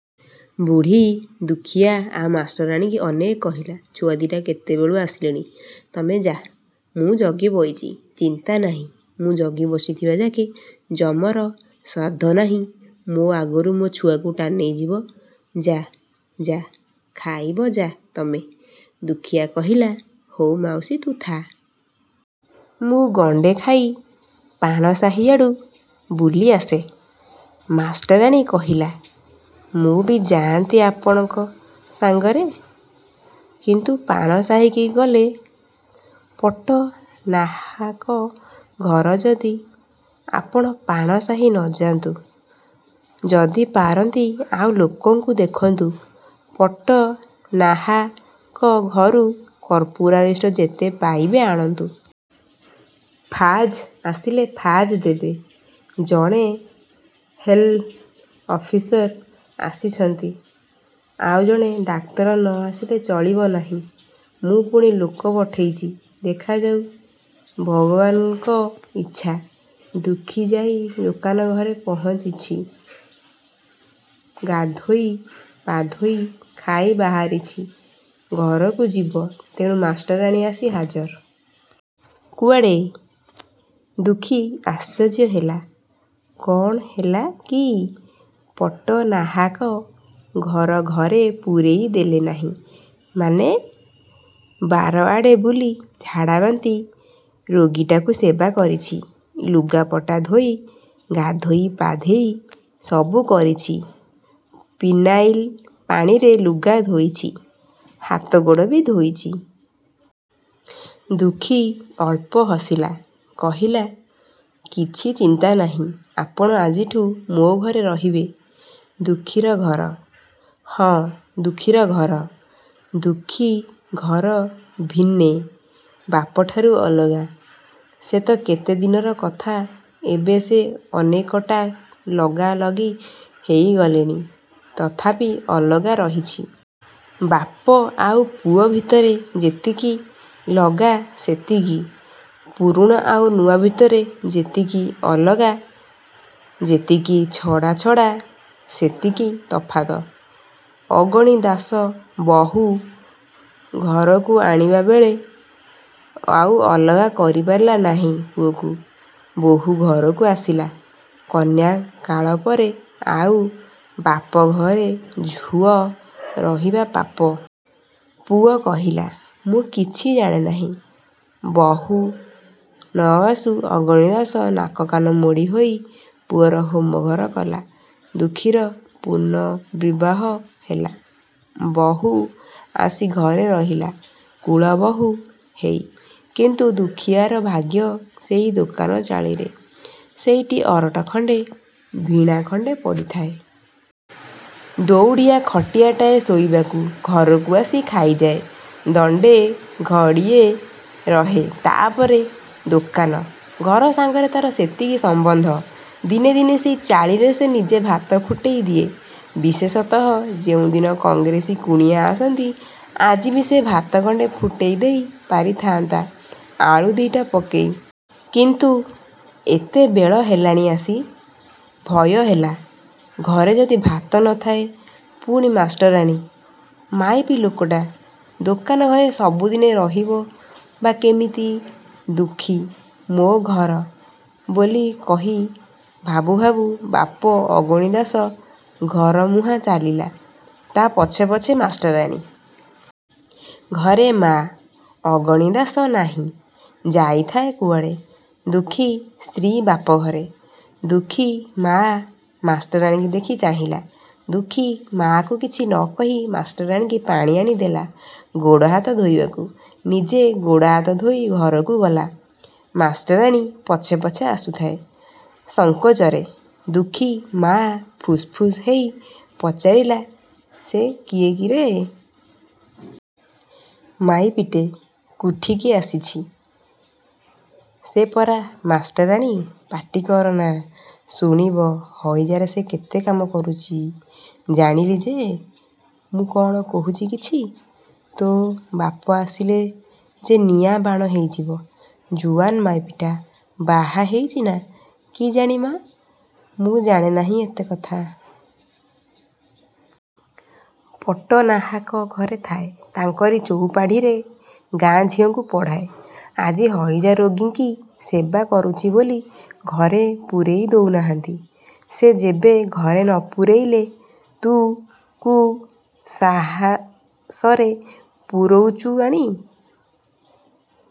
ବୁଢ଼ୀ ଦୁଃଖୀଆ ଆଉ ମାଷ୍ଟରାଣୀଙ୍କି ଅନେକ କହିଲା–ଛୁଆ ଦି'ଟା କେତେବେଳୁ ଆସିଲେଣି–ତମେ ଯା–ମୁଁ ଜଗି ବଇଚି। ଚିନ୍ତା ନାହିଁ। ମୁଁ ଜଗି ବସିଥିବାଯାକେ ଯମର ସାଧ୍ୟ ନାହିଁ ମୋ ଆଗରୁ ମୋ ଛୁଆକୁ ଟାଣି ନେଇଯିବ। ଯା–ଯା–ଖାଇବ ଯା ତମେ! ଦୁଃଖୀଆ କହିଲା–''ହଉ ମାଉସୀ, ତୁ ଥା। ମୁଁ ଗଣ୍ଡେ ଖାଇ, ପାଣ ସାହି ଆଡ଼ୁ, ବୁଲି ଆସେ। '' ମାଷ୍ଟରାଣୀ କହିଲା–''ମୁଁ ବି ଯାଆନ୍ତି ଆପଣଙ୍କ ସାଙ୍ଗରେ। କିନ୍ତୁ ପାଣ ସାହି କି ଗଲେ। ପଟ୍ଟନାହାକ ଘର ଯଦି–'' ''ଆପଣ ପାଣ ସାହି ନ ଯାନ୍ତୁ–ଯଦି ପାରନ୍ତି ଆଉ ଲୋକଙ୍କୁ ଦେଖନ୍ତୁ। ପଟ୍ଟନାହାକ ଘରୁ କର୍ପୂରାରିଷ୍ଟ ଯେତେ ପାଇବେ ଆଣନ୍ତୁ। ଫାଜ୍ ଆସିଲେ ଫାଜ୍ ଦେବେ। ଜଣେ ହେଲ୍ଥ ଅଫିସର ଆସିଛନ୍ତି। ଆଉ ଜଣେ ଡାକ୍ତର ନ ଆସିଲେ ଚଳିବ ନାହିଁ। ମୁଁ ପୁଣି ଲୋକ ପଠେଇଛି। ଦେଖାଯାଉ–ଭଗବାନ୍ଙ୍କ ଇଚ୍ଛା। '' ଦୁଃଖୀ ଯାଇଁ ଦୋକାନ ଘରେ ପହଞ୍ଚିଛି। ଗାଧୋଇ ପାଧୋଇ ଖାଇ ବାହାରିଛି–ଘରକୁ ଯିବ। ତେଣୁ ମାଷ୍ଟରାଣୀ ଆସି ହାଜର। ''କୁଆଡ଼େ? '' ଦୁଃଖୀ ଆଶ୍ଚର୍ଯ୍ୟ ହେଲା–କ'ଣ ହେଲା କି? ''ପଟ୍ଟନାହାକ ଘର ଘରେ ପୂରେଇ ଦେଲେ ନାହିଁ। '' ''ମାନେ? '' ''ବାର ଆଡ଼େ ବୁଲି ଝାଡ଼ାବାନ୍ତି ରୋଗୀଟାକୁ ସେବା କରିଛି। '' ''ଲୁଗାପଟା ଧୋଇ ଗାଧୋଇ ପାଧେଇ–'' ''ସବୁ କରିଛି। ପିନାଇଲ ପାଣିରେ ଲୁଗା ଧୋଇଚି–ହାତଗୋଡ଼ବି ଧୋଇଚି। '' ଦୁଃଖୀ ଅଳ୍ପ ହସିଲା। କହିଲା–''କିଛି ଚିନ୍ତା ନାହିଁ–ଆପଣ ଆଜିଠୁ ମୋ ଘରେ ରହିବେ-। '' ଦୁଃଖୀର ଘର? ହଁ ଦୁଃଖୀର ଘର। ଦୁଃଖୀ ଘର ଭିନେ–ବାପ ଠାରୁ ଅଲଗା। ସେ ତ କେତେ ଦିନର କଥା। ଏବେ ସେ ଅନେକଟା ଲଗାଲଗି ହେଇଗଲେଣି। ତଥାପି ଅଲଗା ରହିଛି। ବାପ ଆଉ ପୁଅ ଭିତରେ ଯେତିକି ଲଗା ସେତିକି। ପୁରୁଣା ଆଉ ନୂଆ ଭିତରେ ଯେତିକି ଅଲଗା, ଯେତିକି ଛଡ଼ାଛଡ଼ା ସେତିକି ତଫାତ। ଅଗଣିଦାଶ ବହୂ ଘରକୁ ଆଣିବାବେଳେ ଆଉ ଅଲଗା କରି ପାରିଲା ନାହିଁ ପୁଅକୁ। ବହୂ ଘରକୁ ଆସିଲା। କନ୍ୟା କାଳପରେ ଆଉ ବାପଘରେ ଝୁଅ ରହିବା ପାପ। ପୁଅ କହିଲା, ମୁଁ କିଛି ଜାଣେ ନାହିଁ। ବହୂ ନ ଆସୁ। ଅଗଣିଦାସ ନାକକାନ ମୋଡ଼ି ହୋଇ ପୁଅର ହୋମଘର କଲା-। ଦୁଃଖୀର ପୁନର୍ବିବାହ ହେଲା। ବହୂ ଆସି ଘରେ ରହିଲା–କୁଳବହୂ ହେଇ। କିନ୍ତୁ ଦୁଃଖୀଆର ଭାଗ୍ୟ ସେଇ ଦୋକାନ ଚାଳିରେ। ସେଇଠି ଅରଟ ଖଣ୍ଡେ, ଭିଣା ଖଣ୍ଡେ ପଡ଼ିଥାଏ। ଦଉଡ଼ିଆ ଖଟିଆଟାଏ ଶୋଇବାକୁ। ଘରକୁ ଆସି ଖାଇଯାଏ। ଦଣ୍ଡେ ଘଡ଼ିଏ ରହେ। ତା'ପରେ ଦୋକାନ-। ଘର ସାଙ୍ଗରେ ତା'ର ସେତିକି ସମ୍ବନ୍ଧ। ଦିନେ ଦିନେ ସେଇ ଚାଳିରେ ସେ ନିଜେ ଭାତ ଫୁଟେଇ ଦିଏ, ବିଶେଷତଃ ଯେଉଁଦିନ କଂଗ୍ରେସୀ କୁଣିଆ ଆସନ୍ତି। ଆଜିବି ସେ ଭାତ ଗଣ୍ଡେ ଫୁଟେଇ ଦେଇ ପାରିଥାନ୍ତା–ଆଳୁ ଦିଟା ପକେଇ। କିନ୍ତୁ ଏତେବେଳ ହେଲାଣି ଆସି। ଭୟ ହେଲା, ଘରେ ଯଦି ଭାତ ନଥାଏ। ପୁଣି ମାଷ୍ଟରାଣୀ–ମାଇପି ଲୋକଟା–ଦୋକାନ ଘରେ ସବୁଦିନେ ରହିବ ବା କିମିତି? ଦୁଃଖୀ 'ମୋ ଘର' ବୋଲି କହି, ଭାବୁ ଭାବୁ ବାପ ଅଗଣି ଦାଶ ଘରମୁହାଁ ଚାଲିଲା। ତା' ପଛେ ପଛେ ମାଷ୍ଟରାଣୀ। ଘରେ ମା। ଅଗଣି ଦାଶ ନାହିଁ–ଯାଇଥାଏ କୁଆଡ଼େ। ଦୁଃଖୀ ସ୍ତ୍ରୀ ବାପଘରେ। ଦୁଃଖୀ ମା ମାଷ୍ଟରାଣୀକି ଦେଖି ଚାହିଁଲା। ଦୁଃଖୀ ମାକୁ କିଛି ନ କହି ମାଷ୍ଟରାଣୀକି ପାଣି ଆଣିଦେଲା ଗୋଡ଼ ହାତ ଧୋଇବାକୁ। ନିଜେ ଗୋଡ଼ହାତ ଧୋଇ ଘରକୁ ଗଲା। ମାଷ୍ଟରାଣୀ ପଛେ ପଛେ ଆସୁଥାଏ–ସଙ୍କୋଚରେ, ଦୁଃଖୀ ମା ଫୁସ ଫୁସ ହେଇ ପଚାରିଲା–''ସେ କିଏ କିରେ? ମାଇପିଟେ–କୁଠିକି ଆସିଛି? '' ''ସେ ପରା ମାଷ୍ଟରାଣୀ। ପାଟି କରନା। ଶୁଣିବ। ହଇଜାରେ ସେ କେତେ କାମ କରୁଚି। '' ''ଜାଣିଲି ଯେ। ମୁଁ କ'ଣ କହୁଛି କିଛି? ତୋ ବାପ ଆସିଲେ ଯେ ନିଆଁବାଣ ହେଇଯିବ-। ଜୁଆନ୍ ମାଇପିଟା–ବାହା ହେଇଚିନା? '' ''କିଜାଣି ମା, ମୁଁ ଜାଣେ ନାହିଁ ଏତେ କଥା। ପଟ୍ଟନାହାକ ଘରେ ଥାଏ। ତାଙ୍କରି ଚଉପାଢ଼ିରେ ଗାଁ ଝିଅଙ୍କୁ ପଢ଼ାଏ। ଆଜି ହଇଜାରୋଗୀଙ୍କି ସେବା କରୁଚି ବୋଲି ଘରେ ପୂରେଇ ଦଉ ନାହାନ୍ତି। '' ''ସେ ଯେବେ ଘରେ ନ ପୂରେଇଲେ, ତୁ କୁ ସାହସରେ ପୂରୋଉଚୁ ଆଣି?